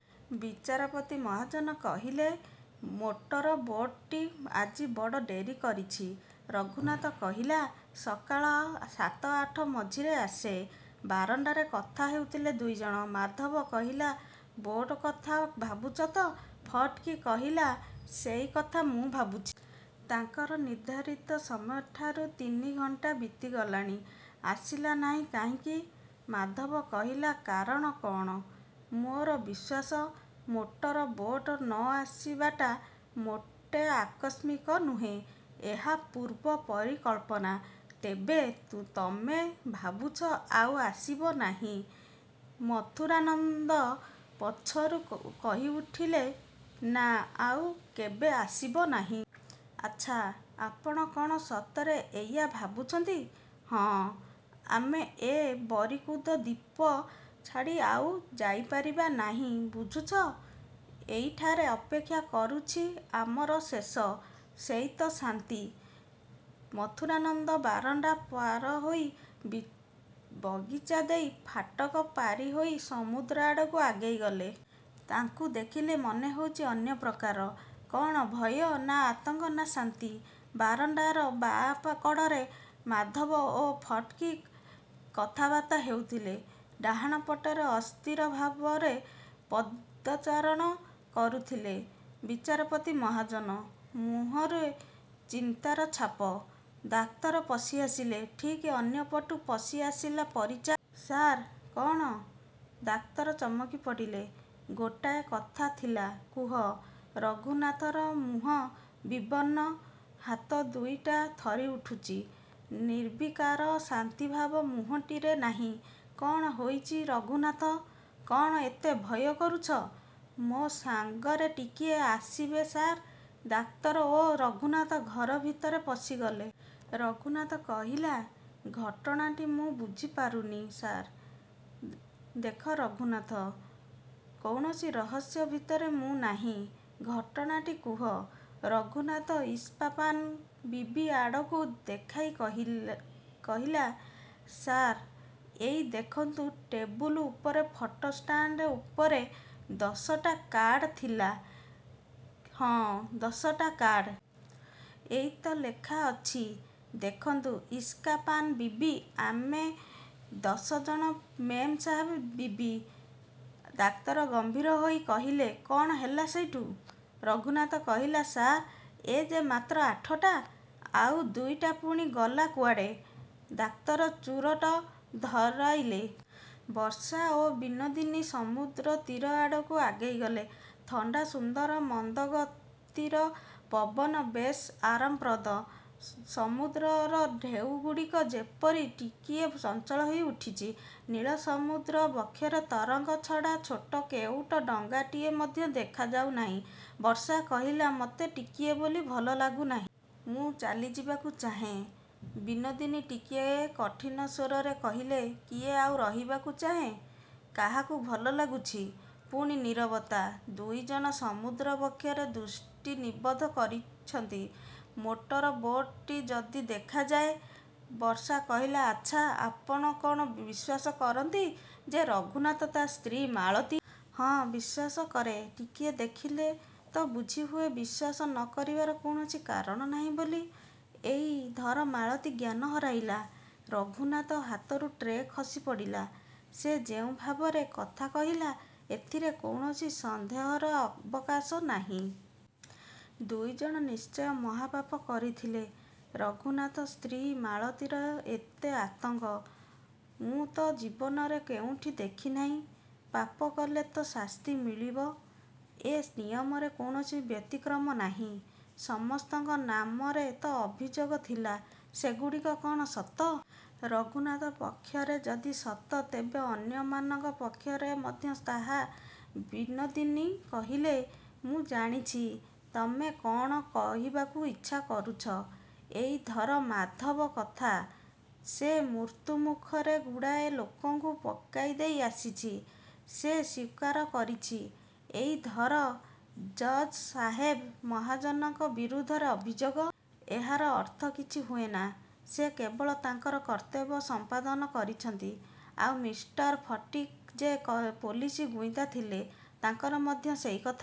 ବିଚାରପତି ମହାଜନ କହିଲେ, motor boat ଟି ଆଜି ବଡ଼ ଡେରି କରିଛି? ରଘୁନାଥ କହିଲା, ସକାଳ ସାତ ଆଠ ମଝିରେ ଆସେ। ବାରଣ୍ଡାରେ କଥା ହେଉଥିଲେ ଦୁଇ ଜଣ। ମାଧବ କହିଲା, ବୋଟ କଥା ଭାବୁଛ ତ? ଫଟିକି କହିଲା, ସେଇ କଥା ମୁଁ ଭାବୁଛି। ତାଙ୍କର ନିର୍ଦ୍ଧାରିତ ସମୟଠାରୁ ତିନି ଘଣ୍ଟା ବିତିଗଲାଣି। ଆସିଲା ନାହିଁ କାହିଁକି? ମାଧବ କହିଲା, କାରଣ କ'ଣ? ମୋର ବିଶ୍ୱାସ, ମୋଟର ବୋଟ ନ ଆସିବାଟା ମୋଟେ ଆକସ୍ମିକ ନୁହେଁ। ଏହା ପୂର୍ବ ପରିକଳ୍ପନା। ତେବେ ତୁ ତମେ ଭାବୁଛ ଆଉ ଆସିବ ନାହିଁ? ମଥୁରାନନ୍ଦ ପଛରୁ କହିଉଠିଲେ, ନା, ଆଉ କେବେ ଆସିବ ନାହିଁ। ଆଚ୍ଛା, ଆପଣ କ'ଣ ସତରେ ଏଇଆ ଭାବୁଛନ୍ତି? ହଁ। ଆମେ ଏ ବରିକୁଦ ଦ୍ଵୀପ ଛାଡ଼ି ଆଉ ଯାଇପାରିବା ନାହିଁ। ବୁଝୁଛ? ଏଇଠାରେ ଅପେକ୍ଷା କରୁଛି ଆମର ଶେଷ। ସେଇ ତ ଶାନ୍ତି। ମଥୁରାନନ୍ଦ ବାରଣ୍ଡା ପାରହୋଇ ବଗିଚା ଦେଇ ଫାଟକ ପାରିହୋଇ ସମୁଦ୍ର ଆଡ଼କୁ ଆଗେଇଗଲେ। ତାଙ୍କୁ ଦେଖିଲେ ମନେହେଉଛି ଅନ୍ୟପ୍ରକାର। କ'ଣ ଭୟ ନା ଆତଙ୍କ ନା ଶାନ୍ତି? ବାରଣ୍ଡାର ବାଁ କଡ଼ରେ ମାଧବ ଓ ଫଟିକ୍ କଥାବାର୍ତ୍ତା ହେଉଥିଲେ। ଡାହାଣପଟରେ ଅସ୍ଥିର ଭାବରେ ପଦଚାରଣ କରୁଥିଲେ ବିଚାରପତି ମହାଜନ। ମୁହଁରେ ଚିନ୍ତାର ଛାପ। ଡାକ୍ତର ପଶିଆସିଲେ। ଠିକ୍ ଅନ୍ୟପଟୁ ପଶିଆସିଲା ପରିଚା। ସାର୍! କ'ଣ? ଡାକ୍ତର ଚମକିପଡ଼ିଲେ। ଗୋଟାଏ କଥା ଥିଲା। କୁହ। ରଘୁନାଥର ମୁହଁ ବିବର୍ଣ୍ଣ। ହାତ ଦୁଇଟା ଥରିଉଠୁଛି। ନିର୍ବିକାର ଶାନ୍ତିଭାବ ମୁହଁଟିରେ ନାହିଁ। କ'ଣ ହୋଇଛି ରଘୁନାଥ, କ'ଣ ଏତେ ଭୟ କରୁଛ? ମୋ ସାଙ୍ଗରେ ଟିକିଏ ଆସିବେ ସାର୍? ଡାକ୍ତର ଓ ରଘୁନାଥ ଘର ଭିତରେ ପଶିଗଲେ। ରଘୁନାଥ କହିଲା, ଘଟଣାଟି ମୁଁ ବୁଝିପାରୁନି, ସାର୍! ଦେଖ ରଘୁନାଥ, କୌଣସି ରହସ୍ୟ ଭିତରେ ମୁଁ ନାହିଁ। ଘଟଣାଟି କୁହ। ରଘୁନାଥ ଇସ୍କାପାନ ବିବି ଆଡ଼କୁ ଦେଖାଇ କହିଲେ କହିଲା, ସାର୍, ଏଇ ଦେଖନ୍ତୁ ଟେବୁଲ ଉପରେ ଫଟୋ ଷ୍ଟାଣ୍ଡ ଉପରେ ଦଶଟା କାର୍ଡ଼ ଥିଲା। ହଁ, ଦଶଟା କାର୍ଡ଼। ଏଇ ତ ଲେଖା ଅଛି, ଦେଖନ୍ତୁ, ଇସ୍କାପାନ ବିବି, ଆମେ ଦଶ ଜଣ ମେମ୍ ସାହେବ ବିବି। ଡାକ୍ତର ଗମ୍ଭୀର ହୋଇ କହିଲେ, କ'ଣ ହେଲା ସେଇଠୁ? ରଘୁନାଥ କହିଲା, ସାର୍, ଏ ଯେ ମାତ୍ର ଆଠଟା। ଆଉ ଦୁଇଟା ପୁଣି ଗଲା କୁଆଡ଼େ? ଡାକ୍ତର ଚୁରୁଟ ଧରାଇଲେ। ବର୍ଷା ଓ ବିନୋଦିନୀ ସମୁଦ୍ର ତୀର ଆଡ଼କୁ ଆଗେଇଗଲେ। ଥଣ୍ଡା ସୁନ୍ଦର ମନ୍ଦ ଗତିର ପବନ ବେଶ୍ ଆରାମପ୍ରଦ। ସ ସମୁଦ୍ରର ଢେଉଗୁଡ଼ିକ ଯେପରି ଟିକିଏ ଚଞ୍ଚଳ ହୋଇଉଠିଛି। ନୀଳ ସମୁଦ୍ର ବକ୍ଷରେ ତରଙ୍ଗ ଛଡ଼ା ଛୋଟ କେଉଟ ଡଙ୍ଗାଟିଏ ମଧ୍ୟ ଦେଖାଯାଉନାହିଁ। ବର୍ଷା କହିଲା, ମୋତେ ଟିକିଏ ବୋଲି ଭଲ ଲାଗୁନାହିଁ। ମୁଁ ଚାଲିଯିବାକୁ ଚାହେଁ। ବିନୋଦିନୀ ଟିକିଏ କଠିନ ସ୍ୱରରେ କହିଲେ, କିଏ ଆଉ ରହିବାକୁ ଚାହେଁ? କାହାକୁ ଭଲ ଲାଗୁଛି? ପୁଣି ନୀରବତା। ଦୁଇ ଜଣ ସମୁଦ୍ର ବକ୍ଷରେ ଦୃଷ୍ଟି ନିବଦ୍ଧ କରିଛନ୍ତି, ମୋଟର ବୋଟ ଟି ଯଦି ଦେଖାଯାଏ। ବର୍ଷା କହିଲା, ଆଚ୍ଛା, ଆପଣ କ'ଣ ବିଶ୍ୱାସ କରନ୍ତି ଯେ ରଘୁନାଥ ତା ସ୍ତ୍ରୀ ମାଳତୀକୁ? ହଁ, ବିଶ୍ୱାସ କରେ। ଟିକିଏ ଦେଖିଲେ ତ ବୁଝିହୁଏ ବିଶ୍ୱାସ ନ କରିବାର କୌଣସି କାରଣ ନାହିଁ ବୋଲି। ଏଇ ଧର ମାଳତୀ ଜ୍ଞାନ ହରାଇଲା, ରଘୁନାଥ ହାତରୁ ଟ୍ରେ ଖସିପଡ଼ିଲା। ସେ ଯେଉଁ ଭାବରେ କଥା କହିଲା ଏଥିରେ କୌଣସି ସନ୍ଦେହର ଅବକାଶ ନାହିଁ। ଦୁଇ ଜଣ ନିଶ୍ଚୟ ମହାପାପ କରିଥିଲେ। ରଘୁନାଥ ସ୍ତ୍ରୀ ମାଳତୀର ଏତେ ଆତଙ୍କ, ମୁଁ ତ ଜୀବନରେ କେଉଁଠି ଦେଖି ନାହିଁ। ପାପ କଲେ ତ ଶାସ୍ତି ମିଳିବ, ଏ ନିୟମରେ କୌଣସି ବ୍ୟତିକ୍ରମ ନାହିଁ। ସମସ୍ତଙ୍କ ନାମରେ ତ ଅଭିଯୋଗ ଥିଲା। ସେଗୁଡ଼ିକ କ'ଣ ସତ? ରଘୁନାଥ ପକ୍ଷରେ ଯଦି ସତ ତେବେ ଅନ୍ୟମାନଙ୍କ ପକ୍ଷରେ ମଧ୍ୟ ତାହା, ବିନୋଦିନୀ କହିଲେ, ମୁଁ ଜାଣିଛି ତମେ କ'ଣ କହିବାକୁ ଇଚ୍ଛା କରୁଛ। ଏଇ ଧର, ମାଧବ କଥା। ସେ ମୃତ୍ୟୁମୁଖରେ ଗୁଡ଼ାଏ ଲୋକଙ୍କୁ ପକାଇଦେଇ ଆସିଛି। ସେ ସ୍ଵୀକାର କରିଛି। ଏଇ ଧର ଜଜ୍ ସାହେବ ମହାଜନଙ୍କ ବିରୁଦ୍ଧରେ ଅଭିଯୋଗ। ଏହାର ଅର୍ଥ କିଛି ହୁଏନା। ସେ କେବଳ ତାଙ୍କର କର୍ତ୍ତବ୍ୟ ସମ୍ପାଦନ କରିଛନ୍ତି। ଆଉ ମିଷ୍ଟର ଫଟିକ୍, ଯେ ପୋଲିସ ଗୁଇନ୍ଦା ଥିଲେ, ତାଙ୍କର ମଧ୍ୟ ସେଇ କଥା।